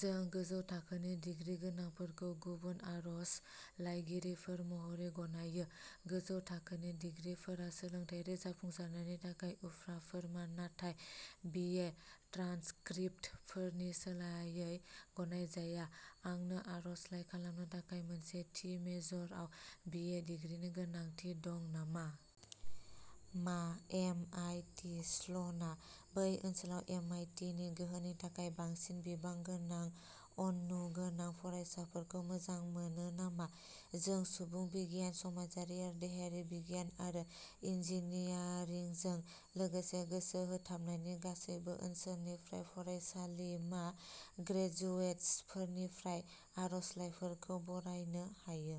जों गोजौ थाखोनि डिग्रि गोनांफोरखौ गुबुन आर'जलाइगिरिफोर महरै गनायो। गोजौ थाखोनि डिग्रिफोरा सोलोंथायारि जाफुंसारनायनि थाखाय उफ्रा फोरमान, नाथाय बि ए ट्रान्सक्रिप्टफोरनि सोलायै गनायजाया। आंनो आर'जलाइ खालामनो थाखाय मोनसे थि मेजराव बि ए डिग्रीनि गोनांथि दं नामा? मा एम आइ टि स्ल'ना बै ओनसोलाव एम आइ टि नि गोहोनि थाखाय बांसिन बिबां गोनां उननु गोनां फरायसाफोरखौ मोजां मोनो नामा? जों सुबुं बिगियान, समाजारि आरो देहायारि बिगियान आरो इन्जिनियारिंजों लोगोसे गोसो होथाबनायनि गासैबो ओनसोलफोरनिफ्राय फरायसालिमा ग्रेजुएट्सफोरनिफ्राय आर'जलाइफोरखौ बरायनो हायो।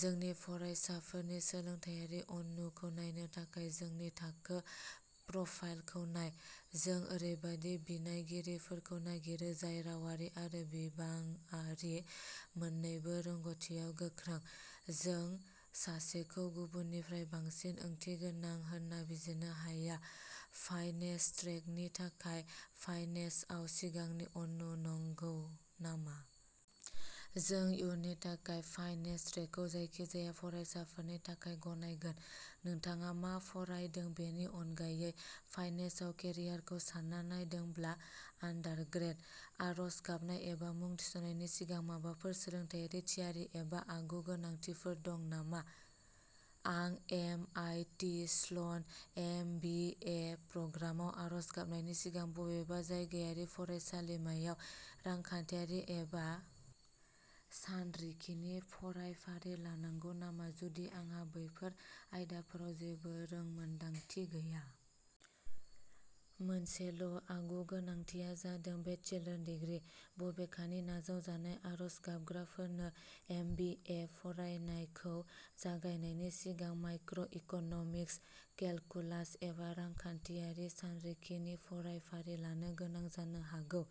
जोंनि फरायसाफोरनि सोलोंथायारि उननुखौ नायनो थाखाय जोंनि थाखो प्रफाइलखौ नाय। जों ओरैबायदि बिनायगिरिफोरखौ नागिरो जाय रावारि आरो बिबांआरि मोननैबो रोंग'थियाव गोख्रों। जों सासेखौ गुबुननिख्रुइ बांसिन ओंथिगोनां होन्ना बिजिरनो हाया। फाइनेन्स ट्रेकनि थाखाय फाइनेन्सआव सिगांनि उननु नांगौ नामा? जों इयुननि थाखाय फाइनेन्स ट्रेकखौ जायखिजाया फरायसाफोरनि थाखाय गनायगोन, नोंथाङा मा फरायदों बेनि अनगायै, फाइनेन्सआव केरियारखौ सान्ना नायदोंब्ला। आन्डारग्रेद। आर'ज गाबनाय एबा मुं थिसननायनि सिगां माबाफोर सोलोंथायारि थियारि एबा आगु-गोनांथिफोर दं नामा? आं M I T Sloan M B A प्रग्रामाव आरज गाबनायनि सिगां बबेबा जायगायारि फरायसालिमायाव रांखान्थियारि एबा सानरिखिनि फरायफारि लानांगौ नामा, जुदि आंहा बैफोर आयदाफोराव जेबो रोंमोनदांथि गैया? मोनसेल'आगु-गोनांथिआ जादों बेचलर दिग्रि। बबेखानि, नाजावजानाय आरज गाबग्राफोरनो एम बि ए फरायनायखौ जागायनायनि सिगां माइक्र' इक'नमिक्स, केलकुलास, एबा रांखान्थियारि सानरिखिनि फरायफारि लानो गोनां जानो हागौ।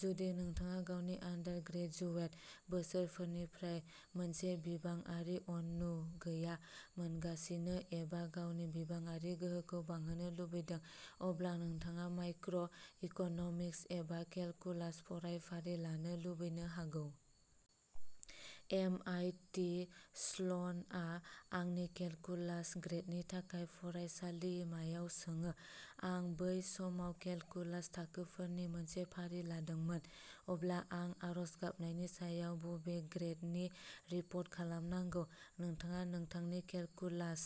जुदि नोंथाङा गावनि आन्डारग्रेजुएट बोसोरफोरनिफ्राय मोनसे बिबांआरि उननु गैया मोनगासिनो एबा गावनि बिबांआरि गोहोखौ बांहोनो लुबैदों, अब्ला नोंथाङा माइक्र' इक'न'मिक्स एबा केलकुलास फरायफारि लानो लुबैनो हागौ। एम आइ टि स्ल'नआ आंनि केलकुलास ग्रेडनि थाखाय फरायसालिमायाव सोङो। आं बै समाव केलकुलास थाखोफोरनि मोनसे फारि लादोंमोन, अब्ला आं आर'ज गाबनायनि सायाव बबे ग्रेडनि रिपर्ट खालामनांगौ? नोंथाङा नोंथांनि केलकुलास।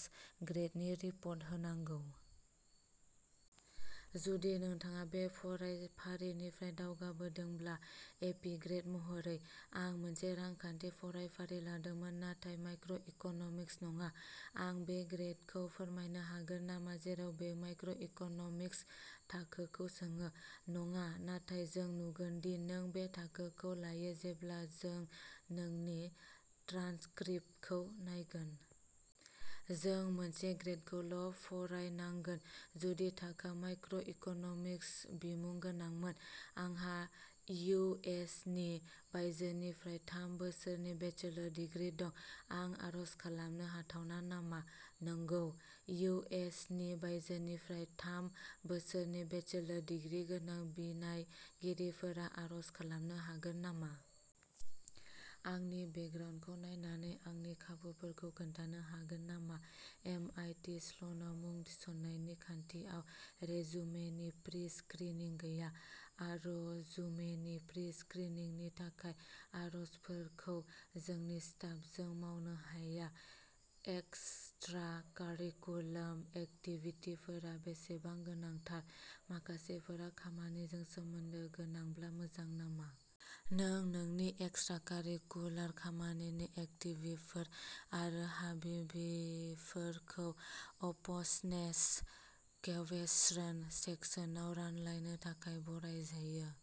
ग्रेडनि रिपर्ट होनांगौ। जुदि नोंथाङा बे फरायफारिनिफ्राय दावगादोंब्ला, एपि ग्रेड महरै। आं मोनसे रांखान्थि फरायफारि लादोंमोन नाथाय माइक्र' इक'नमिक्स नङा। आं बे ग्रेडखौ फोरमायनो हागोन नामा जेराव बेयो माइक्र' इक'नमिक्स थाखोखौ सोङो? नङा, नाथाय जों नुगोन दि नों बे थाखोखौ लायो जेब्ला जों नोंनि ट्रान्सक्रिप्टखौ नायगोन। नों मोनसे ग्रेदखौल' फोरमायनांगोन जुदि थाखोआ माइक्र' इक'नमिक्स बिमुं गोनांमोन। आंहा इउ एस नि बायजोनिफ्राय थाम बोसोरनि बेचलर डिग्री दं। आं आर'ज खालामनो हाथावना नामा? नंगौ। इउ एस नि बायजोनिफ्राय थाम बोसोरनि बेचलर डिग्री गोनां बिनायगिरिफोरा आर'ज खालामनो हागोन नामा। आंनि बेकग्राउन्डखौ नायनानै आंनि खाबुफोरखौ खोन्थानो हागोन नामा? एम आइ टि स्ल'नाव मुं थिसननायनि खान्थियाव रिजुमेनि प्रि-स्क्रिनिं गैया। आर'जुमेनि प्रि-स्क्रिनिंनि थाखाय आर'ज्सफोरखौ जोंनि स्टाफजों मावनो हाया। एक्सट्रा-कारिकुलार एक्टिभिटिफोरा बेसेबां गोनांथार? माखासेफोरा खामानिजों सोमोन्दो गोनांब्ला मोजां नामा? नों नोंनि एक्सट्रा-कारिकुलार खामानिनि एक्टिभिटिफोर आरो हाबिबिफोरखौ अपसनेल क्वेश्चन सेक्सनाव रानलायनो थाखाय बराय जायो।